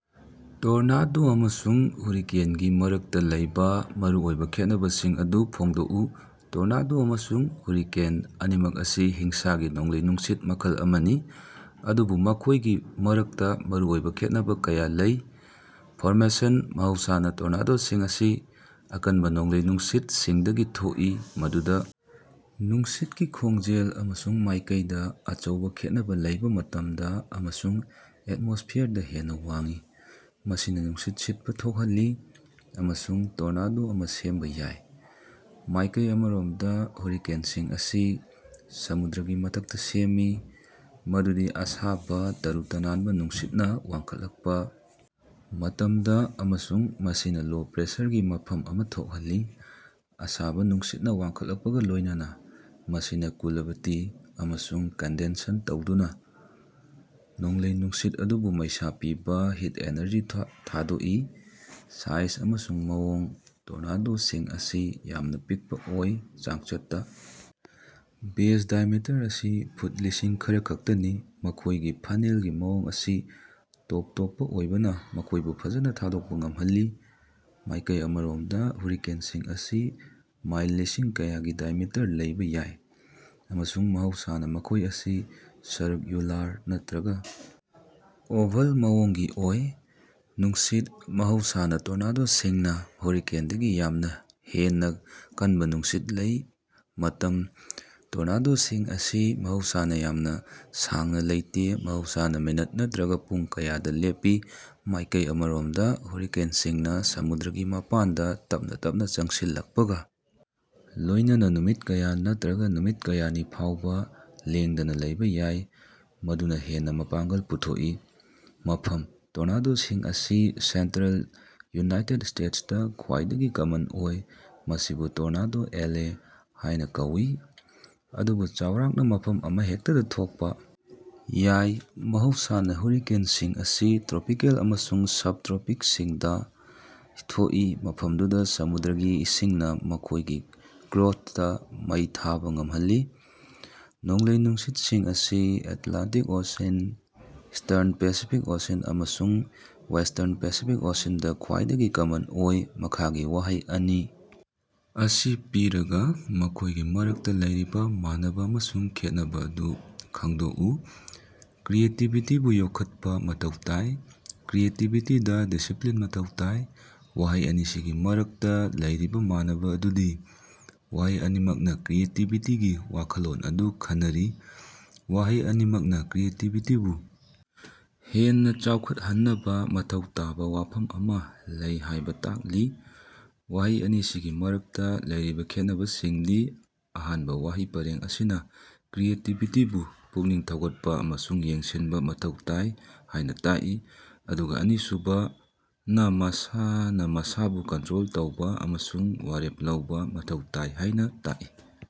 Tornado ꯑꯃꯁꯨꯡ ꯍꯨꯔꯤꯀꯦꯟꯒꯤ ꯃꯔꯛꯇ ꯂꯩꯕ ꯃꯔꯨꯑꯣꯏꯕ ꯈꯦꯠꯅꯕꯁꯤꯡ ꯑꯗꯨ ꯐꯣꯡꯗꯣꯛꯎ꯫ ꯇꯣꯔꯅꯥꯗꯣ ꯑꯃꯁꯨꯡ ꯍꯨꯔꯤꯀꯦꯟ ꯑꯅꯤꯃꯛ ꯑꯁꯤ ꯍꯤꯡꯁꯥꯒꯤ ꯅꯣꯡꯂꯩ-ꯅꯨꯡꯁꯤꯠ ꯃꯈꯜ ꯑꯃꯅꯤ꯫ ꯑꯗꯨꯕꯨ ꯃꯈꯣꯏꯒꯤ ꯃꯔꯛꯇ ꯃꯔꯨꯑꯣꯏꯕ ꯈꯦꯠꯅꯕ ꯀꯌꯥ ꯂꯩ꯫ ꯐꯣꯔꯃꯦꯁꯟ: ꯃꯍꯧꯁꯥꯅ ꯇꯣꯔꯅꯥꯗꯣꯁꯤꯡ ꯑꯁꯤ ꯑꯀꯟꯕ ꯅꯣꯡꯂꯩ-ꯅꯨꯡꯁꯤꯠꯁꯤꯡꯗꯒꯤ ꯊꯣꯛꯏ꯫ ꯃꯗꯨꯗ ꯅꯨꯡꯁꯤꯠꯀꯤ ꯈꯣꯡꯖꯦꯜ ꯑꯃꯁꯨꯡ ꯃꯥꯢꯀꯩꯗ ꯑꯆꯧꯕ ꯈꯦꯠꯅꯕ ꯂꯩꯕ ꯃꯇꯝꯗ ꯑꯃꯁꯨꯡ ꯑꯦꯇꯃꯣꯁ꯭ꯐꯤꯌꯔꯗ ꯍꯦꯟꯅ ꯋꯥꯡꯏ꯫ ꯃꯁꯤꯅ ꯅꯨꯡꯁꯤꯠ ꯁꯤꯠꯄ ꯊꯣꯛꯍꯜꯂꯤ꯫ ꯑꯃꯁꯨꯡ ꯇꯣꯔꯅꯥꯗꯣ ꯑꯃ ꯁꯦꯝꯕ ꯌꯥꯏ꯫ ꯃꯥꯏꯀꯩ ꯑꯃꯔꯣꯝꯗ, ꯍꯨꯔꯤꯀꯦꯟꯁꯤꯡ ꯑꯁꯤ ꯁꯃꯨꯗ꯭ꯔꯒꯤ ꯃꯊꯛꯇ ꯁꯦꯝꯃꯤ꯫ ꯃꯗꯨꯗꯤ ꯑꯁꯥꯕ ꯇꯔꯨ-ꯇꯅꯥꯟꯕ ꯅꯨꯡꯁꯤꯠꯅ ꯋꯥꯡꯈꯠꯂꯛꯄ ꯃꯇꯝꯗ ꯑꯃꯁꯨꯡ ꯃꯁꯤꯅ ꯂꯣ ꯄ꯭ꯔꯦꯁꯔꯒꯤ ꯃꯐꯝ ꯑꯃ ꯊꯣꯛꯍꯜꯂꯤ꯫ ꯑꯁꯥꯕ ꯅꯨꯡꯁꯤꯠꯅ ꯋꯥꯡꯈꯠꯂꯛꯄꯒ ꯂꯣꯏꯅꯅ ꯃꯁꯤꯅ ꯀꯨꯂꯕꯇꯤ ꯑꯃꯁꯨꯡ ꯀꯟꯗꯦꯟꯁꯟ ꯇꯧꯗꯨꯅ ꯅꯣꯡꯂꯩ-ꯅꯨꯡꯁꯤꯠ ꯑꯗꯨꯕꯨ ꯃꯩꯁꯥ ꯄꯤꯕ ꯍꯤꯠ ꯑꯦꯅꯔꯖꯤ ꯊꯥꯗꯣꯛꯏ꯫ ꯁꯥꯏꯖ ꯑꯃꯁꯨꯡ ꯃꯑꯣꯡ: ꯇꯣꯔꯅꯥꯗꯣꯁꯤꯡ ꯑꯁꯤ ꯌꯥꯝꯅ ꯄꯤꯛꯄ ꯑꯣꯏ꯫ ꯆꯥꯡꯆꯠꯇ ꯕꯦꯖ ꯗꯥꯏꯑꯦꯃꯤꯇꯔ ꯑꯁꯤ ꯐꯨꯠ ꯂꯤꯁꯤꯡ ꯈꯔꯈꯛꯇꯅꯤ꯫ ꯃꯈꯣꯏꯒꯤ ꯐꯅꯦꯜꯒꯤ ꯃꯑꯣꯡ ꯑꯁꯤ ꯇꯣꯞ ꯇꯣꯞꯄ ꯑꯣꯏꯕꯅ ꯃꯈꯣꯏꯕꯨ ꯐꯖꯅ ꯈꯪꯗꯣꯛꯄ ꯉꯝꯍꯜꯂꯤ꯫ ꯃꯥꯏꯀꯩ ꯑꯃꯔꯣꯝꯗ, ꯍꯨꯔꯤꯀꯦꯟꯁꯤꯡ ꯑꯁꯤ ꯃꯥꯏꯜ ꯂꯤꯁꯤꯡ ꯀꯌꯥꯒꯤ ꯗꯥꯏꯑꯦꯃꯤꯇꯔ ꯂꯩꯕ ꯌꯥꯏ꯫ ꯑꯃꯁꯨꯡ ꯃꯍꯧꯁꯥꯅ ꯃꯈꯣꯢ ꯑꯁꯤ ꯁꯔꯛꯌꯨꯂꯥꯔ ꯅꯠꯇ꯭ꯔꯒ ꯑꯣꯚꯜ ꯃꯑꯣꯡꯒꯤ ꯑꯣꯏ꯫ ꯅꯨꯡꯁꯤꯠ: ꯃꯍꯧꯁꯥꯅ ꯇꯣꯔꯅꯥꯗꯣꯁꯤꯡꯅ ꯍꯨꯔꯤꯀꯦꯟꯗꯒꯤ ꯌꯥꯝꯅ ꯍꯦꯟꯅ ꯀꯟꯕ ꯅꯨꯡꯁꯤꯠ ꯂꯩ꯫ ꯃꯇꯝ: ꯇꯣꯔꯅꯥꯗꯣꯁꯤꯡ ꯑꯁꯤ ꯃꯍꯧꯁꯥꯅ ꯌꯥꯝꯅ ꯁꯥꯡꯅ ꯂꯩꯇꯦ꯫ ꯃꯍꯧꯁꯥꯅ ꯃꯤꯅꯠ ꯅꯠꯇ꯭ꯔꯒ ꯄꯨꯡ ꯀꯌꯥꯗ ꯂꯦꯞꯄꯤ꯫ ꯃꯥꯏꯀꯩ ꯑꯃꯔꯣꯝꯗ, ꯍꯨꯔꯤꯀꯦꯟꯁꯤꯡꯅ ꯁꯃꯨꯗ꯭ꯔꯒꯤ ꯃꯄꯥꯟꯗ ꯇꯞꯅ ꯇꯞꯅ ꯆꯪꯁꯤꯜꯂꯛꯄꯒ ꯂꯣꯏꯅꯅ ꯅꯨꯃꯤꯠ ꯀꯌꯥ ꯅꯠꯇ꯭ꯔꯒ ꯅꯨꯃꯤꯠ ꯀꯌꯥꯅꯤ ꯐꯥꯎꯕ ꯂꯦꯡꯗꯅ ꯂꯩꯕꯥ ꯌꯥꯏ꯫ ꯃꯗꯨꯅ ꯍꯦꯟꯅ ꯄꯥꯡꯒꯜ ꯄꯨꯊꯣꯛꯏ꯫ ꯃꯐꯝ: ꯇꯣꯔꯅꯥꯗꯣꯁꯤꯡ ꯑꯁꯤ ꯁꯦꯟꯇꯔꯦꯜ ꯌꯨꯅꯥꯏꯇꯦꯗ ꯁ꯭ꯇꯦꯇꯁꯇꯥ ꯈ꯭ꯋꯥꯏꯗꯒꯤ ꯀꯃꯟ ꯑꯣꯏ꯫ ꯃꯁꯤꯕꯨ "ꯇꯣꯔꯅꯥꯗꯣ ꯑꯦꯂꯦ" ꯍꯥꯏꯅ ꯀꯧꯏ꯫ ꯑꯗꯨꯅ ꯆꯥꯎꯔꯥꯛꯅ ꯃꯐꯝ ꯑꯃꯍꯦꯛꯇꯗ ꯊꯣꯛꯄ ꯌꯥꯏ꯫ ꯃꯍꯧꯁꯥꯅ ꯍꯨꯔꯤꯀꯦꯟꯁꯤꯡ ꯑꯁꯤ ꯇ꯭ꯔꯣꯄꯤꯀꯦꯜ ꯑꯃꯁꯨꯡ ꯁꯕ-ꯇ꯭ꯔꯣꯄꯤꯛꯁꯤꯡꯗ ꯊꯣꯛꯏ꯫ ꯃꯐꯝꯗꯨꯗ ꯁꯃꯨꯗ꯭ꯔꯒꯤ ꯏꯁꯤꯡꯅ ꯃꯈꯣꯏꯒꯤ ꯒ꯭ꯔꯣꯊꯇꯥ ꯃꯩ ꯊꯥꯕꯥ ꯉꯝꯍꯜꯂꯤ꯫ ꯅꯣꯡꯂꯩ-ꯅꯨꯡꯁꯤꯠꯁꯤꯡ ꯑꯁꯤ Atlantic Ocean, eastern Pacific Ocean ꯑꯃꯁꯨꯡ ꯋꯦꯁ꯭ꯇꯔꯟ ꯄꯦꯁꯤꯐꯤꯛ ꯑꯣꯁꯤꯟꯗ ꯈ꯭ꯋꯥꯏꯗꯒꯤ ꯀꯃꯟ ꯑꯣꯏ꯫ ꯃꯈꯥꯒꯤ ꯋꯥꯍꯩ ꯑꯅꯤ ꯑꯁꯤ ꯄꯤꯔꯒ ꯃꯈꯣꯏꯒꯤ ꯃꯔꯛꯇ ꯂꯩꯔꯤꯕ ꯃꯥꯟꯅꯕ ꯑꯃꯁꯨꯡ ꯈꯦꯠꯅꯕ ꯑꯗꯨ ꯈꯪꯗꯣꯛꯎ꯫ ꯀ꯭ꯔꯤꯌꯦꯇꯤꯕꯤꯇꯤꯕꯨ ꯌꯣꯛꯈꯠꯄ ꯃꯊꯧ ꯇꯥꯏ꯫ ꯀ꯭ꯔꯤꯌꯦꯇꯤꯕꯤꯇꯤꯗ ꯗꯤꯁꯤꯞꯂꯤꯟ ꯃꯊꯧ ꯇꯥꯏ꯫ ꯋꯥꯍꯩ ꯑꯅꯤꯁꯤꯒꯤ ꯃꯔꯛꯇ ꯂꯩꯔꯤꯕ ꯃꯥꯟꯅꯕ ꯑꯗꯨꯗꯤ: ꯋꯥꯍꯩ ꯑꯅꯤꯃꯛꯅ ꯀ꯭ꯔꯤꯌꯦꯇꯤꯕꯤꯇꯤꯒꯤ ꯋꯥꯈꯜꯂꯣꯟ ꯑꯗꯨ ꯈꯟꯅꯔꯤ꯫ ꯋꯥꯍꯩ ꯑꯅꯤꯃꯛꯅ ꯀ꯭ꯔꯤꯌꯦꯇꯤꯕꯤꯇꯤꯕꯨ ꯍꯦꯟꯅ ꯆꯥꯎꯈꯠꯍꯟꯅꯕ ꯃꯊꯧ ꯇꯥꯕ ꯋꯥꯐꯝ ꯑꯃ ꯂꯩ ꯍꯥꯏꯕ ꯇꯥꯛꯂꯤ꯫ ꯋꯥꯍꯩ ꯑꯅꯤꯁꯤꯒꯤ ꯃꯔꯛꯇ ꯂꯩꯔꯤꯕ ꯈꯦꯠꯅꯕꯁꯤꯡꯗꯤ: ꯑꯍꯥꯟꯕ ꯋꯥꯍꯩ ꯄꯔꯦꯡ ꯑꯁꯤꯅ ꯀ꯭ꯔꯤꯌꯦꯇꯤꯕꯤꯇꯤꯕꯨ ꯄꯨꯛꯅꯤꯡ ꯊꯧꯒꯠꯄ ꯑꯃꯁꯨꯡ ꯌꯦꯡꯁꯤꯟꯕ ꯃꯊꯧ ꯇꯥꯏ꯫ ꯍꯥꯏꯅ ꯇꯥꯛꯏ ꯑꯗꯨꯒ ꯑꯅꯤꯁꯨꯕꯅ ꯃꯁꯥꯅ ꯃꯁꯥꯕꯨ ꯀꯟꯇ꯭ꯔꯣꯜ ꯇꯧꯕ ꯑꯃꯁꯨꯡ ꯋꯥꯔꯦꯞ ꯂꯧꯕ ꯃꯊꯧ ꯇꯥꯏ ꯍꯥꯏꯅꯥ ꯇꯥꯛꯏ꯫